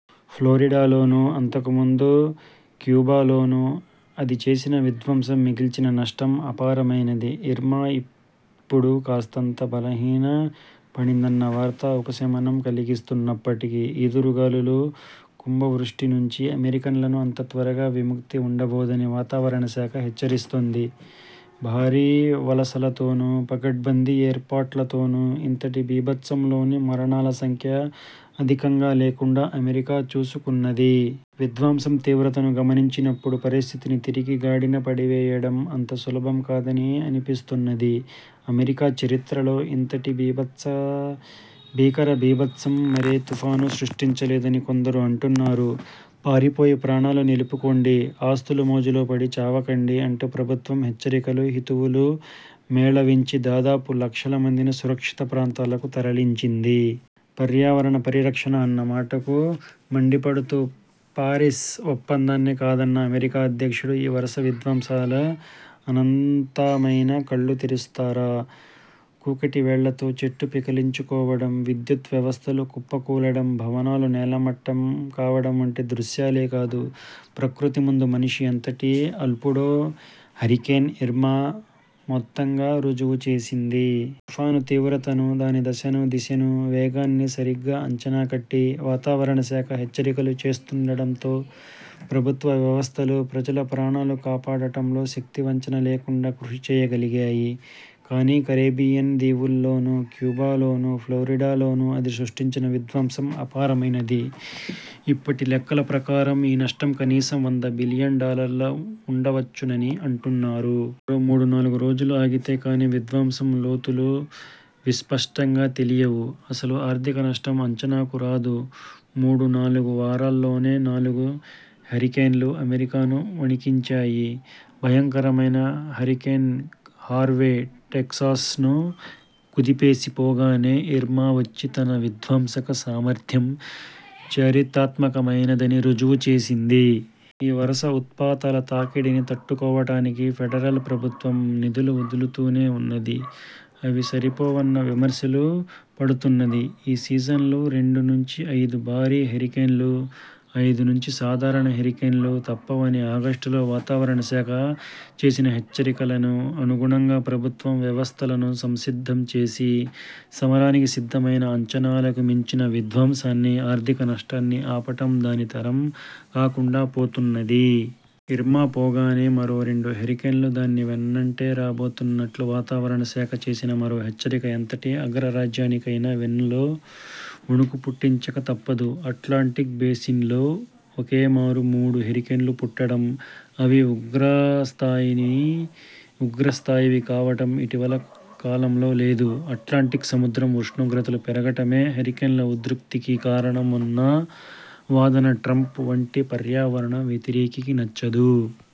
ఫ్లోరిడాలోనూ, అంతకుముందు క్యూబాలోనూ అది చేసిన విధ్వంసం, మిగల్చిన నష్టం అపారమైనది. ఇర్మా ఇప్పుడు కాస్తంత బలహీనపడిందన్న వార్త ఉపశమనం కలిగిస్తున్నప్పటికీ, ఈదురు గాలులూ, కుంభవృష్టినుంచి అమెరికన్లకు అంత త్వరగా విముక్తి ఉండబోదని వాతావరణశాఖ హెచ్చరిస్తున్నది. భారీవలసలతోనూ, పకడ్బందీ ఏర్పాట్లతోనూ ఇంతటి బీభత్సంలోనూ మరణాల సంఖ్య అధికంగా లేకుండా అమెరికా చూసుకున్నది. విధ్వంసం తీవ్రతను గమనించినప్పుడు పరిస్థితిని తిరిగి గాడిన పడవేయడం అంత సులభం కాదని అనిపిస్తున్నది. అమెరికా చరిత్రలో ఇంతటి భీకరబీభత్సం మరే తుఫానూ సృష్టించలేదని కొందరు అంటున్నారు. పారిపోయి ప్రాణాలు నిలుపుకోండి, ఆస్తుల మోజులో పడి చావకండి అంటూ ప్రభుత్వం హెచ్చరికలు, హితవులు మేళవించి దాదాపు లక్షల మందిని సురక్షిత ప్రాంతాలకు తరలించింది. పర్యావరణ పరిరక్షణ అన్న మాటకు మండిపడుతూ, పారిస్ ఒప్పందాన్నే కాదన్న అమెరికా అధ్యక్షుడు ఈ వరుస విధ్వంసాల అనంతరమైనా కళ్ళు తెరుస్తారా? కూకటివేళ్ళతో చెట్లు పెకిలించుకుపోవడం, విద్యుత్ వ్యవస్థలు కుప్పకూలడం, భవనాలు నేలమట్టం కావడం వంటి దృశ్యాలే కాదు, ప్రకృతి ముందు మనిషి ఎంతటి అల్పుడో హరికేన్ ఇర్మా మొత్తంగా రుజువుచేసింది. తుపాను తీవ్రతను, దాని దశనూ దిశనూ వేగాన్నీ సరిగా అంచనాకట్టి వాతావరణశాఖ హెచ్చరికలు చేస్తుండటంతో ప్రభుత్వ వ్యవస్థలు ప్రజల ప్రాణాలు కాపాడటంలో శక్తివంచన లేకుండా కృషిచేయగలిగాయి. కానీ, కరేబియన్ దీవుల్లోనూ, క్యూబాలోనూ, ఫ్లోరిడాలోనూ అది సృష్టించిన విధ్వంసం అపారమైనది. ఇప్పటి లెక్కల ప్రకారం ఈ నష్టం కనీసం వంద బిలియన్ డాలర్లు ఉండవచ్చునని అంటున్నారు. మరో మూడునాలుగు రోజులు ఆగితే కానీ విధ్వంసం లోతులు విస్పష్టంగా తెలియవు, అసలు ఆర్థిక నష్టం అంచనాకు రాదు. మూడునాలుగు వారాల్లోనే నాలుగు హరికేన్లు అమెరికాను వొణికించాయి. భయంకరమైన హరికేన్ హార్వే టెక్సాస్ను కుదిపేసి పోగానే ఇర్మా వచ్చి తన విధ్వసక సామర్థ్యం చరిత్రాత్మకమైనదని రుజువుచేసింది. ఈ వరుస ఉత్పాతాల తాకిడిని తట్టుకోవడానికి ఫెడరల్ ప్రభుత్వం నిధులు వదులుతూనే ఉన్నది. అవి సరిపోవన్న విమర్శలూ పడుతున్నది. ఈ సీజన్లో రెండు నుంచి ఐదు భారీ హరికేన్లు, ఐదునుంచి సాధారణ హరికేన్లు తప్పవని ఆగస్టులో వాతావరణశాఖ చేసిన హెచ్చరికలకు అనుగుణంగా ప్రభుత్వం వ్యవస్థలను సంసిద్ధం చేసి సమరానికి సిద్ధమైనా, అంచనాలకు మించిన విధ్వంసాన్నీ, ఆర్థికనష్టాన్నీ ఆపడం దాని తరం కాకుండాపోతున్నది. ఇర్మా పోగానే మరో రెండు హరికేన్లు దానివెన్నంటే రాబోతున్నట్టు వాతావరణశాఖ చేసిన మరో హెచ్చరిక ఎంతటి అగ్రరాజ్యానికైనా వెన్నులో వొణుకుపుట్టించక తప్పదు. అట్లాంటిక్ బేసిన్లో ఒకేమారు మూడు హరికేన్లు పుట్టడం, అవి ఉగ్రస్థాయివి కావడం ఇటీవలి కాలంలో లేదు. అట్లాంటిక్ సముద్రం ఉష్ణోగ్రతలు పెరగడమే హరికేన్ల ఉధృతికి కారణమన్న వాదన ట్రంప్ వంటి పర్యావరణ వ్యతిరేకికి నచ్చదు.